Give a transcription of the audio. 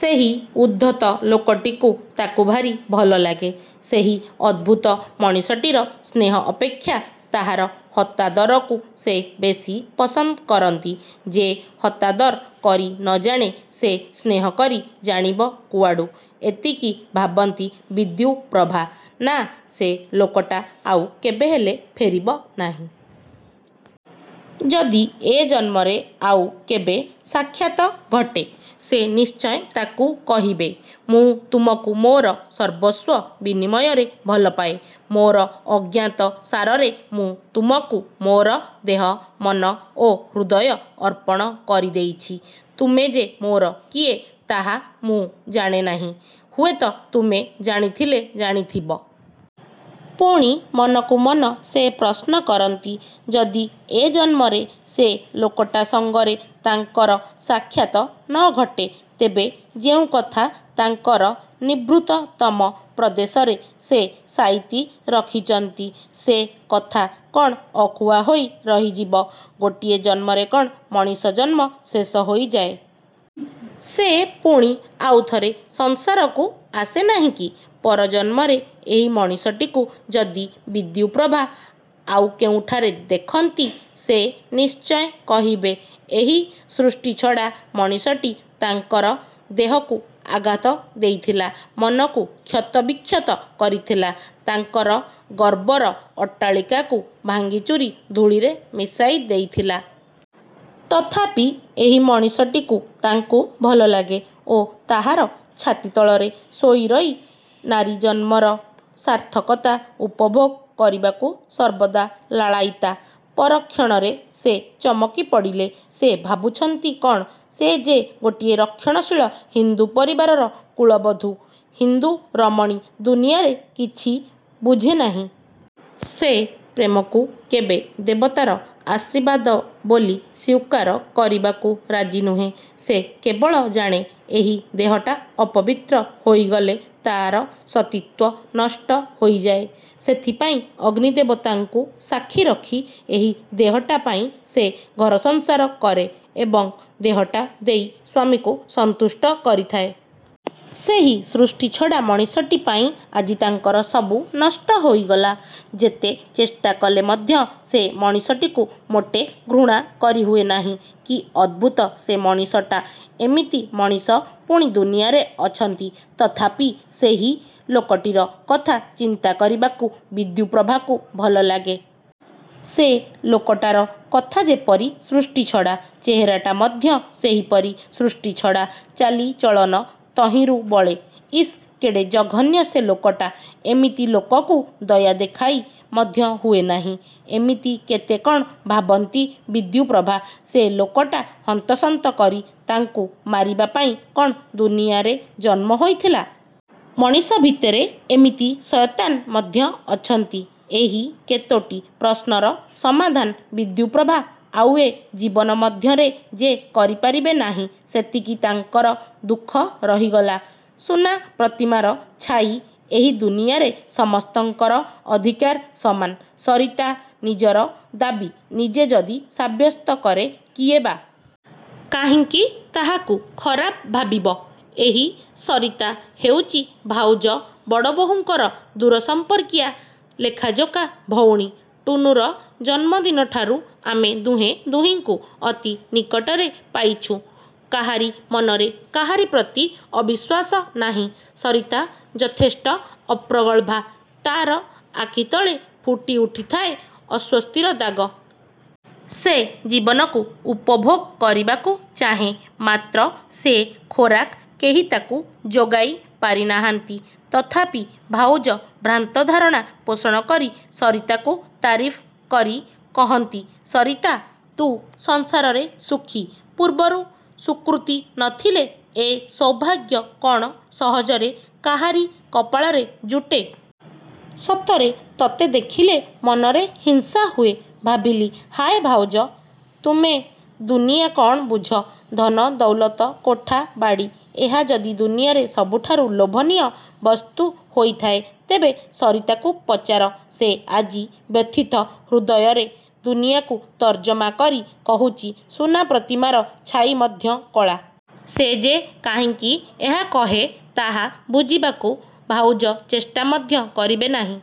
ସେହି ଉଦ୍ଧତ ଲୋକଟିକୁ ତାକୁ ଭାରି ଭଲଲାଗେ। ସେହି ଅଦ୍ଭୁତ ମଣିଷଟିର ସ୍ନେହ ଅପେକ୍ଷା ତାହାର ହତାଦରକୁ ସେ ବେଶି ପସନ୍ଦ କରନ୍ତି। ଯେ ହତାଦର କରି ନ ଜାଣେ, ସେ ସ୍ନେହକରି ଜାଣିବ କୁଆଡ଼ୁ? ଏତିକି ଭାବନ୍ତି ବିଦ୍ୟୁପ୍ରଭା। ନା, ସେ ଲୋକଟା ଆଉ କେବେହେଲେ ଫେରିବ ନାହିଁ। ଯଦି ଏ ଜନ୍ମରେ ଆଉ କେବେ ସାକ୍ଷାତ ଘଟେ ସେ ନିଶ୍ଚୟ ତାକୁ କହିବେ, ''ମୁଁ ତୁମକୁ ମୋର ସର୍ବସ୍ୱ ବିନିମୟରେ ଭଲପାଏ। ମୋର ଅଜ୍ଞାତସାରରେ ମୁଁ ତୁମକୁ ମୋର ଦେହ, ମନ ଓ ହୃଦୟ ଅର୍ପଣ କରିଦେଇଛି। ତୁମେ ଯେ ମୋର କିଏ ତାହା ମୁଁ ଜାଣେନାହିଁ, ହୁଏତ ତୁମେ ଜାଣିଥିଲେ ଜାଣିଥିବ। '' ପୁଣି ମନକୁ ମନ ସେ ପ୍ରଶ୍ନ କରନ୍ତି ଯଦି ଏ ଜନ୍ମରେ ସେ ଲୋକଟା ସଙ୍ଗରେ ତାଙ୍କର ସାକ୍ଷାତ ନ ଘଟେ ତେବେ ଯେଉଁକଥା ତାଙ୍କର ନିଭୃତତମ ପ୍ରଦେଶରେ ସେ ସାଇତି ରଖିଛନ୍ତି ସେ କଥା କ'ଣ ଅକୁହା ହୋଇ ରହିଯିବ? ଗୋଟିଏ ଜନ୍ମରେ କ'ଣ ମଣିଷ ଜନ୍ମ ଶେଷ ହୋଇଯାଏ? ସେ ପୁଣି ଆଉଥରେ ସଂସାରକୁ ଆସେ ନାହିଁ କି? ପରଜନ୍ମରେ ଏହି ମଣିଷଟିକୁ ଯଦି ବିଦ୍ୟୁପ୍ରଭା ଆଉ କେଉଁଠାରେ ଦେଖନ୍ତି ସେ ନିଶ୍ଚୟ କହିବେ ଏହି ସୃଷ୍ଟିଛଡ଼ା ମଣିଷଟି ତାଙ୍କର ଦେହକୁ ଆଘାତ ଦେଇଥିଲା। ମନକୁ କ୍ଷତବିକ୍ଷତ କରିଥିଲା। ତାଙ୍କର ଗର୍ବର ଅଟ୍ଟାଳିକାକୁ ଭାଙ୍ଗିଚୂରି ଧୂଳିରେ ମିଶାଇ ଦେଇଥିଲା। ତଥାପି ଏହି ମଣିଷଟିକୁ ତାଙ୍କୁ ଭଲଲାଗେ ଓ ତାହାର ଛାତି ତଳରେ ଶୋଇରହି ନାରୀ ଜନ୍ମର ସାର୍ଥକତା ଉପଭୋଗ କରିବାକୁ ସର୍ବଦା ଲାଳାୟୀତା। ପରକ୍ଷଣରେ ସେ ଚମକି ପଡ଼ିଲେ। ସେ ଭାବୁଛନ୍ତି କ'ଣ? ସେ ଯେ ଗୋଟିଏ ରକ୍ଷଣଶୀଳ ହିନ୍ଦୁ ପରିବାରର କୁଳବଧୂ। ହିନ୍ଦୁରମଣୀ ଦୁନିଆରେ କିଛି ବୁଝେନାହିଁ। ସେ ପ୍ରେମକୁ କେବେ ଦେବତାର ଆଶୀର୍ବାଦ ବୋଲି ସ୍ୱୀକାର କରିବାକୁ ରାଜି ନୁହେଁ। ସେ କେବଳ ଜାଣେ ଏହି ଦେହଟା ଅପବିତ୍ର ହୋଇଗଲେ ତା'ର ସତୀତ୍ୱ ନଷ୍ଟ ହୋଇଯାଏ। ସେଥିପାଇଁ ଅଗ୍ନିଦେବତାଙ୍କୁ ସାକ୍ଷୀ ରଖି ଏହି ଦେହଟା ପାଇଁ ସେ ଘରସଂସାର କରେ ଏବଂ ଦେହଟା ଦେଇ ସ୍ୱାମୀକୁ ସନ୍ତୁଷ୍ଟ କରିଥାଏ। ସେହି ସୃଷ୍ଟିଛଡ଼ା ମଣିଷଟିପାଇଁ ଆଜି ତାଙ୍କର ସବୁ ନଷ୍ଟ ହୋଇଗଲା। ଯେତେ ଚେଷ୍ଟାକଲେ ମଧ୍ୟ ସେ ମଣିଷଟିକୁ ମୋଟେ ଘୃଣା କରିହୁଏ ନାହିଁ। କି ଅଦ୍ଭୁତ ସେ ମଣିଷଟା! ଏମିତି ମଣିଷ ପୁଣି ଦୁନିଆରେ ଅଛନ୍ତି? ତଥାପି ସେହି ଲୋକଟିର କଥା ଚିନ୍ତା କରିବାକୁ ବିଦ୍ୟୁପ୍ରଭାକୁ ଭଲଲାଗେ। ସେ ଲୋକଟାର କଥା ଯେପରି ସୃଷ୍ଟିଛଡ଼ା, ଚେହେରାଟା ମଧ୍ୟ ସେହିପରି ସୃଷ୍ଟିଛଡ଼ା। ଚାଲିଚଳନ ତହିଁରୁ ବଳେ। ଇସ୍, କେଡ଼େ ଜଘନ୍ୟ ସେ ଲୋକଟା। ଏମିତି ଲୋକକୁ ଦୟା ଦେଖାଇ ମଧ୍ୟ ହୁଏ ନାହିଁ। ଏମିତି କେତେ କ'ଣ ଭାବନ୍ତି ବିଦ୍ୟୁପ୍ରଭା। ସେ ଲୋକଟା ହନ୍ତସନ୍ତ କରି ତାଙ୍କୁ ମାରିବା ପାଇଁ କ'ଣ ଦୁନିଆରେ ଜନ୍ମ ହୋଇଥିଲା-? ମଣିଷ ଭିତରେ ଏମିତି ସୟତାନ୍ ମଧ୍ୟ ଅଛନ୍ତି? ଏହି କେତୋଟି ପ୍ରଶ୍ନର ସମାଧାନ ବିଦ୍ୟୁପ୍ରଭା ଆଉ ଏ ଜୀବନ ମଧ୍ୟରେ ଯେ କରିପାରିବେ ନାହିଁ ସେତିକି ତାଙ୍କର ଦୁଃଖ ରହିଗଲା। ସୁନା ପ୍ରତିମାର ଛାଇ ଏହି ଦୁନିଆରେ ସମସ୍ତଙ୍କର ଅଧିକାର ସମାନ। ସରିତା ନିଜର ଦାବି ନିଜେ ଯଦି ସାବ୍ୟସ୍ତ କରେ କିଏ ବା। କାହିଁକି ତାହାକୁ ଖରାପ ଭାବିବ? ଏହି ସରିତା ହେଉଛି ଭାଉଜ ବୋହୂଙ୍କର ଦୂରସମ୍ପର୍କୀୟା ଲେଖାଯୋଖା ଭଉଣୀ। ଟୁନୁର ଜନ୍ମଦିନଠାରୁ ଆମେ ଦୁହେଁ ଦୁହିଁଙ୍କୁ ଅତି ନିକଟରେ ପାଇଛୁଁ। କାହାରି ମନରେ କାହାରି ପ୍ରତି ଅବିଶ୍ୱାସ ନାହିଁ। ସରିତା ଯଥେଷ୍ଟ ଅପ୍ରଗଳ୍ଭା। ତା'ର ଆଖି ତଳେ ଫୁଟି ଉଠିଥାଏ ଅସ୍ୱସ୍ତିର ଦାଗ। ସେ ଜୀବନକୁ ଉପଭୋଗ କରିବାକୁ ଚାହେଁ, ମାତ୍ର ସେ ଖୋରାକ କେହି ତାକୁ ଯୋଗାଇ ପାରିନାହାନ୍ତି। ତଥାପି ଭାଉଜ ଭ୍ରାନ୍ତ ଧାରଣା ପୋଷଣକରି ସରିତାକୁ ତାରିଫ୍ କରି କହନ୍ତି, ''ସରିତା! ତୁ ସଂସାରରେ ସୁଖୀ। ପୂର୍ବରୁ ସୁକୃତି ନ ଥିଲେ ଏ ସୌଭାଗ୍ୟ କ'ଣ ସହଜରେ କାହାରି କପାଳରେ ଯୁଟେ? ସତରେ ତୋତେ ଦେଖିଲେ ମନରେ ହିଂସା ହୁଏ। '' ଭାବିଲି ହାୟ ଭାଉଜ! ତୁମେ ଦୁନିଆ କ'ଣ ବୁଝ? ଧନ, ଦୌଲତ, କୋଠା-ବାଡ଼ି, ଏହା ଯଦି ଦୁନିଆରେ ସବୁଠାରୁ ଲୋଭନୀୟ ବସ୍ତୁ ହୋଇଥାଏ ତେବେ ସରିତାକୁ ପଚାର, ସେ ଆଜି ବ୍ୟଥିତ ହୃଦୟରେ ଦୁନିଆକୁ ତର୍ଜମା କରି କହୁଛି ସୁନା ପ୍ରତିମାର ଛାଇ ମଧ୍ୟ କଳା। ସେ ଯେ କାହିଁକି ଏହା କହେ ତାହା ବୁଝିବାକୁ ଭାଉଜ ଚେଷ୍ଟା ମଧ୍ୟ କରିବେ ନାହିଁ।